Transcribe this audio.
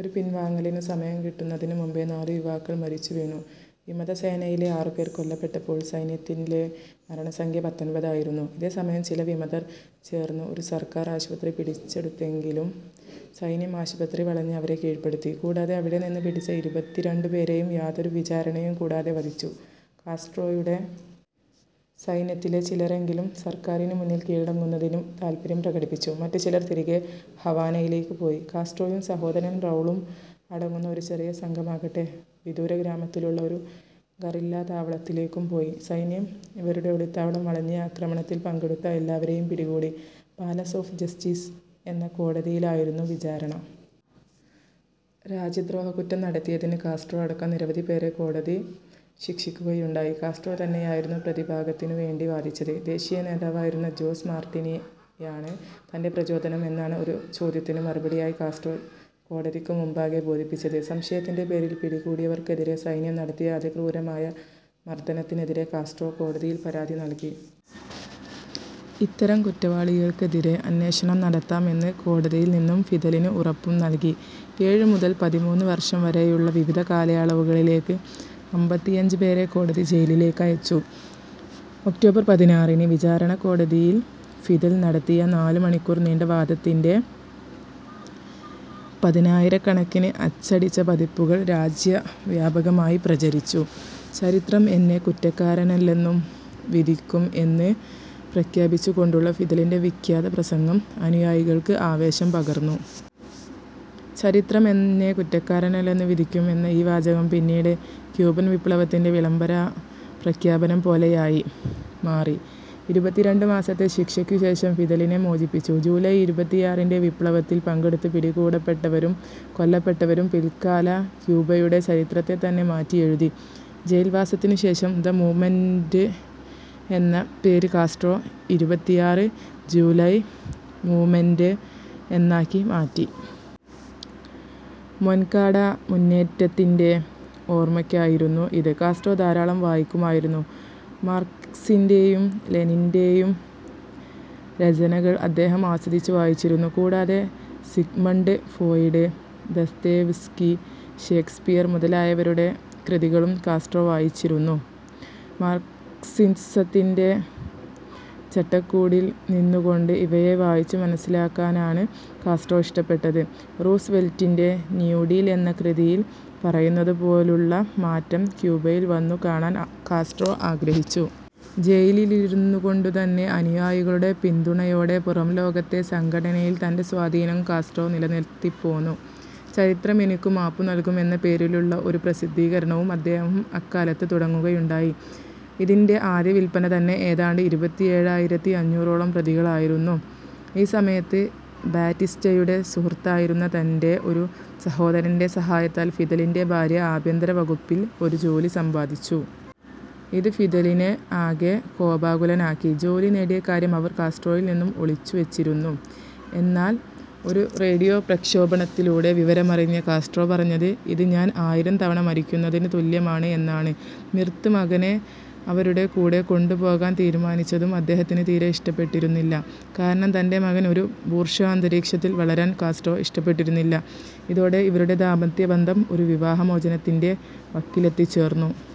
ഒരു പിൻവാങ്ങലിനു സമയം കിട്ടുന്നതിനു മുമ്പേ നാലു യുവാക്കൾ മരിച്ചു വീണു. വിമതസേനയിലെ ആറുപേർ കൊല്ലപ്പെട്ടപ്പോൾ സൈന്യത്തിലെ മരണസംഖ്യ പത്തൊൻപതായിരുന്നു. ഇതേസമയം ചില വിമതർ ചേർന്ന് ഒരു സർക്കാർ ആശുപത്രി പിടിച്ചെടുത്തെങ്കിലും സൈന്യം ആശുപത്രി വളഞ്ഞ് അവരെ കീഴ്പ്പെടുത്തി. കൂടാതെ അവിടെനിന്ന് പിടിച്ച ഇരുപത്തിരണ്ടുപേരെയും യാതൊരു വിചാരണയും കൂടാതെ വധിച്ചു. കാസ്ട്രോയുടെ സൈന്യത്തിലെ ചിലരെങ്കിലും സർക്കാരിനു മുന്നിൽ കീഴടങ്ങുന്നതിന് താൽപര്യം പ്രകടിപ്പിച്ചു. മറ്റു ചിലർ തിരികെ ഹവാനയിലേക്ക് പോയി. കാസ്ട്രോയും സഹോദരൻ റൗളും അടങ്ങുന്ന ഒരു ചെറിയ സംഘമാകട്ടെ വിദൂരഗ്രാമത്തിലുള്ള ഒരു ഗറില്ലാതാവളത്തിലേക്കും പോയി. സൈന്യം ഇവരുടെ ഒളിത്താവളം വളഞ്ഞ് ആക്രമണത്തിൽ പങ്കെടുത്ത എല്ലാവരേയും പിടികൂടി. പാലസ് ഓഫ് ജസ്റ്റീസ് എന്ന കോടതിയിലായിരുന്നു വിചാരണ. രാജ്യദ്രോഹക്കുറ്റം നടത്തിയതിന് കാസ്ട്രോ അടക്കം നിരവധി പേരെ കോടതി ശിക്ഷിക്കുകയുണ്ടായി. കാസ്ട്രോ തന്നെയായിരുന്നു പ്രതിഭാഗത്തിനു വേണ്ടി വാദിച്ചത്. ദേശീയ നേതാവായിരുന്ന ജോസ് മാർട്ടിനിയാണ് തന്റെ പ്രചോദനം എന്നാണ് ഒരു ചോദ്യത്തിനു മറുപടിയായി കാസ്ട്രോ കോടതിക്കു മുമ്പാകെ ബോധിപ്പിച്ചത്. സംശയത്തിന്റെ പേരിൽ പിടികൂടിയവർക്കെതിരേ സൈന്യം നടത്തിയ അതിക്രൂരമായ മർദ്ദനത്തിനെതിരേ കാസ്ട്രോ കോടതിയിൽ പരാതി നൽകി. ഇത്തരം കുറ്റവാളികൾക്കെതിരേ അന്വേഷണം നടത്താം എന്ന് കോടതിയിൽനിന്നും ഫിദലിന് ഉറപ്പും ലഭിച്ചു. ഏഴു മുതൽ പതിമൂന്ന് വർഷം വരെയുള്ള വിവിധ കാലയളവുകളിലേക്ക് അമ്പത്തിയഞ്ച് പേരെ കോടതി ജയിലിലേക്കയച്ചു. ഒക്ടോബർ പതിനാറിന് വിചാരണക്കോടതിയിൽ ഫിദൽ നടത്തിയ നാലുമണിക്കൂർ നീണ്ട വാദത്തിന്റെ പതിനായിരക്കണക്കിന് അച്ചടിച്ച പതിപ്പുകൾ രാജ്യവ്യാപകമായി പ്രചരിച്ചു. ചരിത്രം എന്നെ കുറ്റക്കാരനല്ലെന്നു വിധിക്കും എന്ന് പ്രഖ്യാപിച്ചുകൊണ്ടുള്ള ഫിദലിന്റെ വിഖ്യാത പ്രസംഗം അനുയായികൾക്ക് ആവേശം പകർന്നു. ചരിത്രം എന്നെ കുറ്റക്കാരനല്ലെന്നു വിധിക്കും എന്ന ഈ വാചകം പിന്നീട് ക്യൂബൻ വിപ്ലവത്തിന്റെ വിളംബരപ്രഖ്യാപനം പോലെയായി മാറി. ഇരുപത്തിരണ്ടുമാസത്തെ ശിക്ഷയ്ക്കുശേഷം ഫിദലിനെ മോചിപ്പിച്ചു. ജൂലൈ ഇരുപത്തിയാറിന്റെ വിപ്ലവത്തിൽ പങ്കെടുത്ത് പിടികൂടപ്പെട്ടവരും കൊല്ലപ്പെട്ടവരും പിൽക്കാല ക്യൂബയുടെ ചരിത്രത്തെതന്നെ മാറ്റിയെഴുതി. ജയിൽവാസത്തിനുശേഷം ദ മൂവ്മെൻറെ എന്ന പേര് കാസ്ട്രോ ഇരുപത്തിയാറ് ജൂലൈ മൂവ്മെൻറെ എന്നാക്കി മാറ്റി. മൊൻകാട മുന്നേറ്റത്തിന്റെ ഓർമ്മയ്ക്കായായിരുന്നു ഇത്.കാസ്ട്രോ ധാരാളം വായിക്കുമായിരുന്നു. മാർക്സിന്റേയും ലെനിന്റേയും രചനകൾ അദ്ദേഹം ആസ്വദിച്ചു വായിച്ചിരുന്നു. കൂടാതെ സിഗ്മണ്ട് ഫോയിഡ്, ദസ്തേവ്സ്ക്കി, ഷേക്സ്പിയർ മുതലായവരുടെ കൃതികളും കാസ്ട്രോ വായിച്ചിരുന്നു. മാർക്സിസത്തിന്റെ ചട്ടക്കൂടിൽ നിന്നുകൊണ്ട് ഇവയെ വായിച്ചു മനസ്സിലാക്കാനാണ് കാസ്ട്രോ ഇഷ്ടപ്പെട്ടത്. റൂസ് വെൽറ്റിന്റെ ന്യൂഡീൽ എന്ന കൃതിയിൽ പറയുന്നപോലെയുള്ള മാറ്റം ക്യൂബയിൽ വന്നു കാണാൻ കാസ്ട്രോ ആഗ്രഹിച്ചു. ജയിലിലിരുന്നുകൊണ്ടുതന്നെ അനുയായികളുടെ പിന്തുണയോടെ പുറംലോകത്തെ സംഘടനയിൽ തന്റെ സ്വാധീനം കാസ്ട്രോ നിലനിർത്തിപ്പോന്നു. ചരിത്രം എനിക്കു മാപ്പു നൽകും എന്ന പേരിലുള്ള ഒരു പ്രസിദ്ധീകരണവും അദ്ദേഹം അക്കാലത്ത് തുടങ്ങുകയുണ്ടായി. ഇതിന്റെ ആദ്യ വിൽപ്പന തന്നെ ഏതാണ്ട് ഇരുപത്തിയേഴായിരത്തി അഞ്ഞൂറോളം പ്രതികളായിരുന്നു.ഈ സമയത്ത് ബാറ്റിസ്റ്റയുടെ സുഹൃത്തായിരുന്ന തന്റെ ഒരു സഹോദരന്റെ സഹായത്താൽ ഫിദലിന്റെ ഭാര്യ ആഭ്യന്തരവകുപ്പിൽ ഒരു ജോലി സമ്പാദിച്ചു. ഇത് ഫിദലിനെ ആകെ കോപാകുലനാക്കി. ജോലി നേടിയ കാര്യം അവർ കാസ്ട്രോയിൽനിന്നും ഒളിച്ചുവെച്ചിരുന്നു. എന്നാൽ ഒരു റേഡിയോ പ്രക്ഷോപണത്തിലൂടെ വിവരമറിഞ്ഞ കാസ്ട്രോ പറഞ്ഞത് ഇത് ഞാൻ ആയിരം തവണ മരിക്കുന്നതിനു തുല്യമാണ് എന്നാണ്. മിർത് മകനെ അവരുടെ കൂടെ കൊണ്ടുപോകാൻ തീരുമാനിച്ചതും അദ്ദേഹത്തിന് തീരെ ഇഷ്ടപ്പെട്ടിരുന്നില്ല. കാരണം തന്റെ മകൻ ഒരു ബൂർഷ്വാ അന്തരീക്ഷത്തിൽ വളരാൻ കാസ്ട്രോ ഇഷ്ടപ്പെട്ടിരുന്നില്ല. ഇതോടെ ഇവരുടെ ദാമ്പത്യബന്ധം ഒരു വിവാഹമോചനത്തിന്റെ വക്കിലെത്തിച്ചേർന്നു.